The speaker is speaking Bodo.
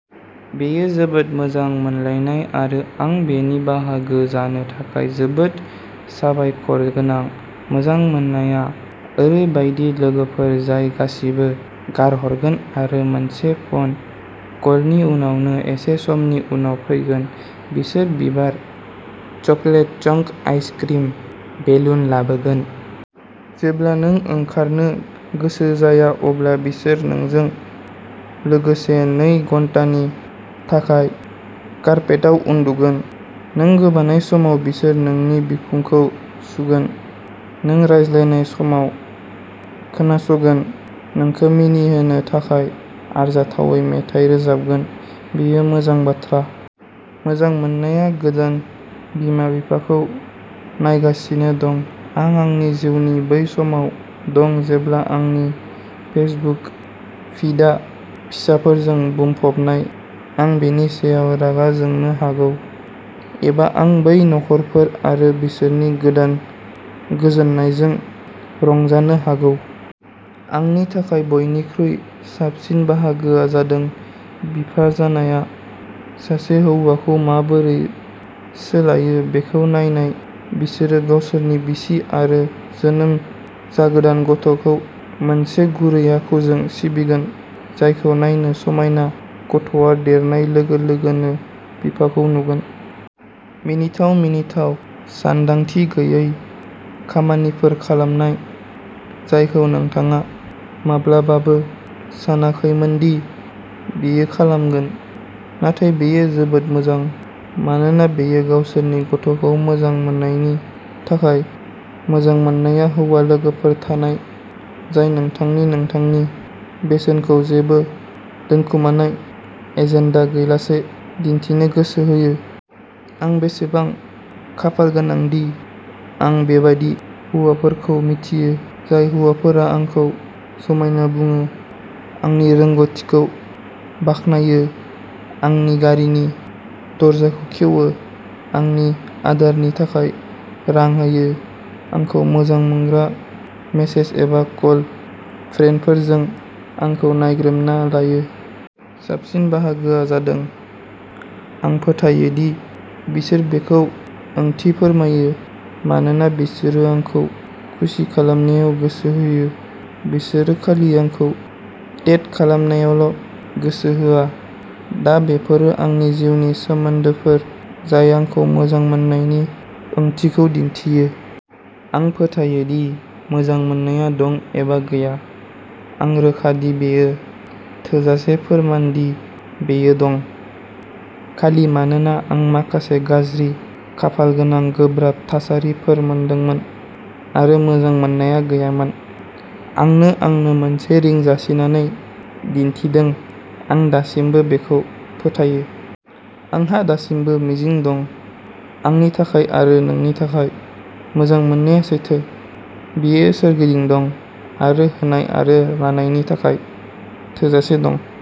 बेयो जोबोद मोजां मोनलायनाय, आरो आं बेनि बाहागो जानो थाखाय जोबोद साबायखरगोनां। मोजां मोननाया ओरैबायदि लोगोफोर जाय गासिबो गारहरगोन आरो मोनसे फन कलनि उनावनो एसे समनि उनाव फैगोन। बिसोर बिबार, चकलेट चंक आइसक्रिम, बेलुन लाबोगोन। जेब्ला नों ओंखारनो गोसो जाया अब्ला बिसोर नोंजों लोगोसे नै घन्टानि थाखाय कार्पेटाव उन्दुगोन। नों गाबनाय समाव बिसोर नोंनि बिखुंखौ सुगोन, नों रायज्लायनाय समाव खोनासगोन, नोंखौ मिनिहोनो थाखाय आरजाथावै मेथाइ रोजाबगोन। बेयो मोजां बाथ्रा। मोजां मोननाया गोदान बिमा-बिफाखौ नायगासिनो दं। आं आंनि जिउनि बै समाव दं जेब्ला आंनि फेसबुक फिडआ फिसाफोरजों बुंफबनाय। आं बेनि सायाव रागा जोंनो हागौ, एबा आं बै नखरफोर आरो बिसोरनि गोदान गोजोननायजों रंजानो हागौ। आंनि थाखाय बयनिख्रुइ साबसिन बाहागोआ जादों बिफा जानाया सासे हौवाखौ माबोरै सोलायो बेखौ नायनाय। बिसोरो गावसोरनि बिसि आरो जोनोम जागोदान गथ'खौ मोनसे गुरै आखुजों सिबिगोन जायखौ नायनो समायना। गथ'आ देरनाय लोगो लोगो नों बिफाखौ नुगोन। मिनिथाव, मिनिथाव, सानदांथि गैयै खामानिफोर खालामनाय जायखौ नोंथाङा माब्लाबाबो सानाखैमोन दि बियो खालामगोन। नाथाय बेयो जोबोद मोजां, मानोना बेयो गावसोरनि गथ'खौ मोजां मोननायनि थाखाय। मोजां मोननाया हौवा लोगोफोर थानाय, जाय नोंथांनो नोंथांनि बेसेनखौ जेबो दोनखोमानाय एजेन्डा गैयालासे दिन्थिनो गोसो होयो। आं बेसेबां खाफालगोनांदि आं बेबादि हौवाफोरखौ मिन्थियो। जाय हौवाफोरा आंखौ समायना बुङो, आंनि रोंग'थिखौ बाख्नायो, आंनि गारिनि दरजाखौ खेवो, आंनि आदारनि थाखाय रां होयो, आंखौ मोजां मोनग्रा मेसेज एबा कल-फ्रेन्डफोरजों आंखौ नायग्रोमना लायो। साबसिन बाहागोआ जादों, आं फोथायो दि बिसोर बेखौ ओंथि फोरमायो मानोना बिसोरो आंखौ खुसि खालामनायाव गोसो होयो-बिसोरो खालि आंखौ डेट खालामनायावल'गोसो होआ। दा, बेफोरो आंनि जिउनि सोमोन्दोफोर जाय आंखौ मोजां मोननायनि ओंथिखौ दिन्थियो। आं फोथायो दि मोजां मोननाया दं, एबा गैया। आं रोखा दि बेयो थोजासे फोरमान दि बेयो दं। खालि मानोना आं माखासे गाज्रि खाफालगोनां, गोब्राब थासारिफोर मोनदोंमोन, आरो मोजां मोननाया गैयामोन। आंनो आंनो मोनसे रिं जासिनानै दिन्थिदों, आं दासिमबो बेखौ फोथायो। आंहा दासिमबो मिजिं दं, आंनि थाखाय आरो नोंनि थाखाय। मोजां मोननाया सैथो, बेयो सोरगिदिं दं, आरो होनाय आरो लानायनि थाखाय थोजासे दं।